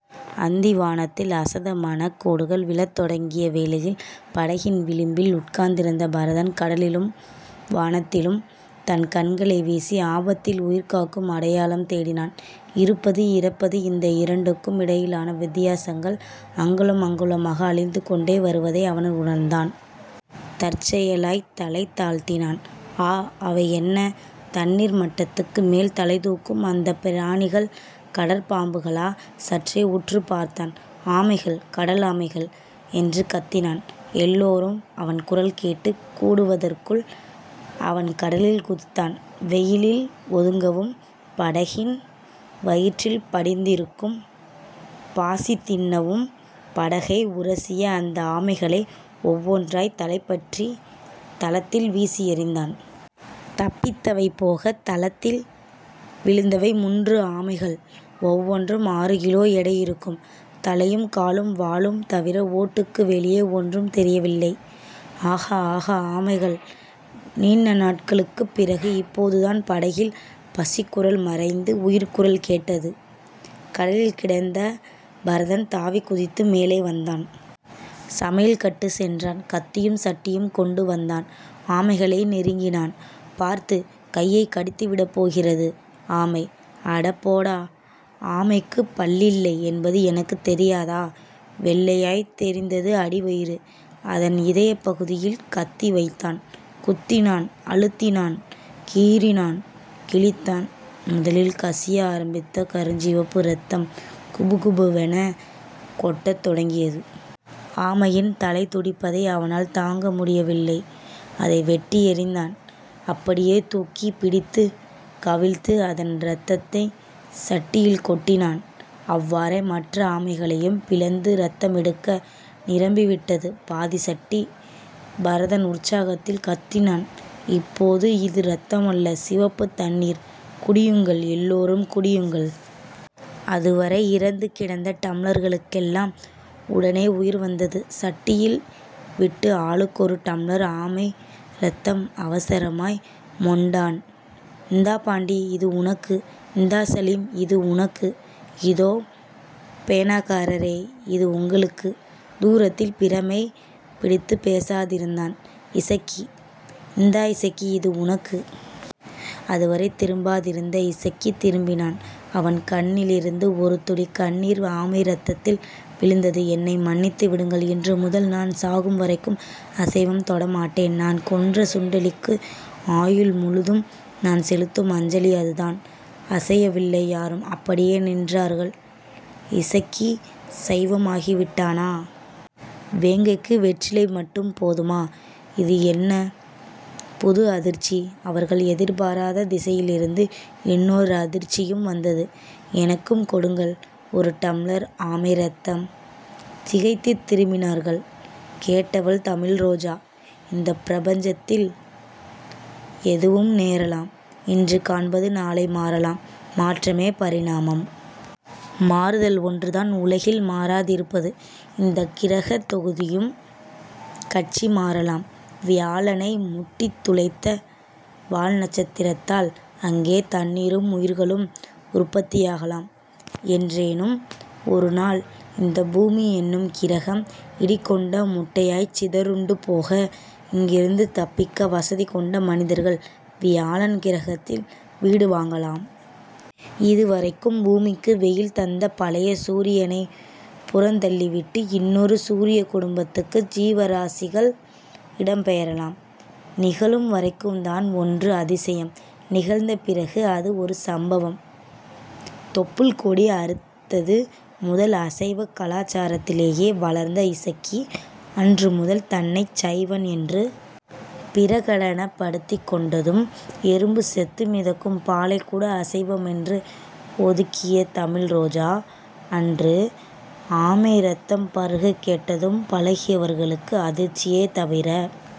அந்தி வானத்தில் அஸதமனக் கோடுகள் விழத் தொடங்கிய வேளையில், படகின் விளிம்பில் உட்கார்ந்திருந்த பரதன் கடலிலும் வானத்திலும் தன் கண்களை வீசி, ஆபத்தில் உயிர் காக்கும் அடையாளம் தேடினான். இருப்பது இறப்பது இந்த இரண்டுக்கும் இடையிலான வித்தியாசங்கள், அங்குலம் அங்குலமாக அழிந்துகொண்டே வருவதை அவன் உணர்ந்தான். தற்செயலாய்த் தலை தாழ்த்தினான். ஆ. அவை என்ன? தண்ணீர் மட்டத்துக்கு மேல் தலைதூக்கும் அந்தப் பிராணிகள் கடற்பாம்புகளா? சற்றே உற்றுப் பார்த்தான். ஆமைகள். கடல் ஆமைகள். என்று கத்தினான். எல்லோரும் அவன் குரல் கேட்டுக் கூடுவதற்குள் அவன் கடலில் குதித்தான். வெயிலில் ஒதுங்கவும். படகின் வயிற்றில் படிந்திருக்கும் பாசிதின்னவும் படகை உரசிய அந்த ஆமைகளை ஒவ்வொன்றாய்த் தலைபற்றித் தளத்தில் வீசியெறிந்தான்.. தப்பித்தவை போகத் தளத்தில் விழுந்தவை முன்று ஆமைகள். ஒவ்வொன்றும் ஆறு கிலோ எடை இருக்கும். தலையும் காலும் வாலும் தவிர ஓட்டுக்கு வெளியே ஒன்றும் தெரியவில்லை. ஆகா. ஆகா. ஆமைகள். நீண்ட நாட்களுக்குப் பிறகு இப்போதுதான் படகில் பசிக்குரல் மறைந்து உயிர்க்குரல் கேட்டது. கடலில் கிடந்த பரதன் தாவிக்குதித்து மேலே வந்தான். சமையல்கட்டு சென்றான். கத்தியும் சட்டியும் கொண்டுவந்தான். ஆமைகளை நெருங்கினான். பார்த்து. கையைக் கடித்துவிடப்போகிறது ஆமை. அடப்போடா. ஆமைக்குப் பல்லில்லை என்பது எனக்குத் தெரியாதா? வெள்ளையாய்த் தெரிந்தது அடிவயிறு. அதன் இதயப்பகுதியில் கத்தி வைத்தான். குத்தினான் அழுத்தினான் கீறினான் கிழித்தான். முதலில் கசிய ஆரம்பித்த கருஞ்சிவப்பு ரத்தம் குபுகுபுவெனக் கொட்டத் தொடங்கியது. ஆமையின் தலைதுடிப்பதை அவனால் தாங்க முடியவில்லை. அதை வெட்டி எறிந்தான். அப்படியே தூக்கிப் பிடித்துக் கவிழ்த்து அதன் ரத்தத்தைச் சட்டியில் கொட்டினான். அவ்வாறே மற்ற ஆமைகளையும் பிளந்து ரத்தமெடுக்க, நிரம்பிவிட்டது. பாதிச்சட்டி பரதன் உற்சாகத்தில் கத்தினான். இப்போது இது ரத்தமல்ல. சிவப்பு தண்ணீர் குடியுங்கள் எல்லோரும் குடியுங்கள். அதுவரை இறந்துகிடந்த டம்ளர்களுக்கெல்லாம் உடனே உயிர் வந்தது. சட்டியில் விட்டு ஆளுக்கொரு டம்ளர் ஆமை ரத்தம் அவசரமாய் மொண்டான். இந்தா பாண்டி. இது உனக்கு. இந்தா சலீம். இது உனக்கு. இதோ பேனாக்காரரே. இது உங்களுக்கு. தூரத்தில் பிரமை பிடித்துப் பேசாதிருந்தான் இசக்கி. இந்தா இசக்கி இது உனக்கு. அதுவரை திரும்பாதிருந்த இசக்கி திரும்பினான். அவன் கண்ணிலிருந்து ஒரு துளிக் கண்ணீர் ஆமை ரத்தத்தில் விழுந்தது. என்னை மன்னித்து விடுங்கள். இன்றுமுதல் நான் சாகும் வரைக்கும் அசைவம் தொடமாட்டேன். நான் கொன்ற சுண்டெலிக்கு ஆயுள் முழுதும் நான் செலுத்தும் அஞ்சலி அதுதான். அசையவில்லை யாரும், அப்படியே நின்றார்கள் இசக்கி சைவமாகிவிட்டானா? வேங்கைக்கு வெற்றிலை மட்டும் போதுமா? இது என்ன புது அதிர்ச்சி. அவர்கள் எதிர்பாராத திசையிலிருந்து இன்னோர் அதிர்ச்சியும் வந்தது. எனக்கும் கொடுங்கள் ஒரு டம்ளர் ஆமை ரத்தம். திகைத்து திரும்பினார்கள். கேட்டவள் தமிழ்ரோஜா. இந்தப் பிரபஞ்சத்தில் எதுவும் நேரலாம். இன்று காண்பது நாளை மாறலாம். மாற்றமே பரிணாமம். மாறுதல் ஒன்றுதான் உலகில் மாறாதிருப்பது. இந்தக் கிரகத் தொகுதியும் கட்சி மாறலாம். வியாழனை முட்டித் துளைத்த வால்நட்சத்திரத்தால் அங்கே தண்ணீரும் உயிர்களும் உற்பத்தியாகலாம். என்றேனும் ஒரு நாள் இந்தப் பூமி என்னும் கிரகம் இடிகொண்ட முட்டையாய்ச் சிதறுண்டு போக, இங்கிருந்து தப்பிக்க வசதிகொண்ட மனிதர்கள் வியாழன் கிரகத்தில் வீடு வாங்கலாம். இதுவரைக்கும் பூமிக்கு வெயில் தந்த பழைய சூரியனைப் புறந்தள்ளிவிட்டு, இன்னொரு சூரியக் குடும்பத்துக்கு ஜீவராசிகள் இடம் பெயரலாம். நிகழும் வரைக்கும்தான் ஒன்று அதிசயம். நிகழ்ந்த பிறகு அது ஒரு சம்பவம். தொப்பூழ்க்கொடி அறுத்தது முதல் அசைவக் கலாசாரத்திலேயே வளர்ந்த இசக்கி, அன்று முதல் தன்னைச் சைவன் என்று பிரகடனப்படுத்திக் கொண்டதும் எறும்பு செத்து மிதக்கும் பாலைக்கூட அசைவமென்று ஒதுக்கிய தமிழ் ரோஜா, அன்று ஆமை ரத்தம் பருகக் கேட்டதும் பழகியவர்களுக்கு அதிர்ச்சியே தவிர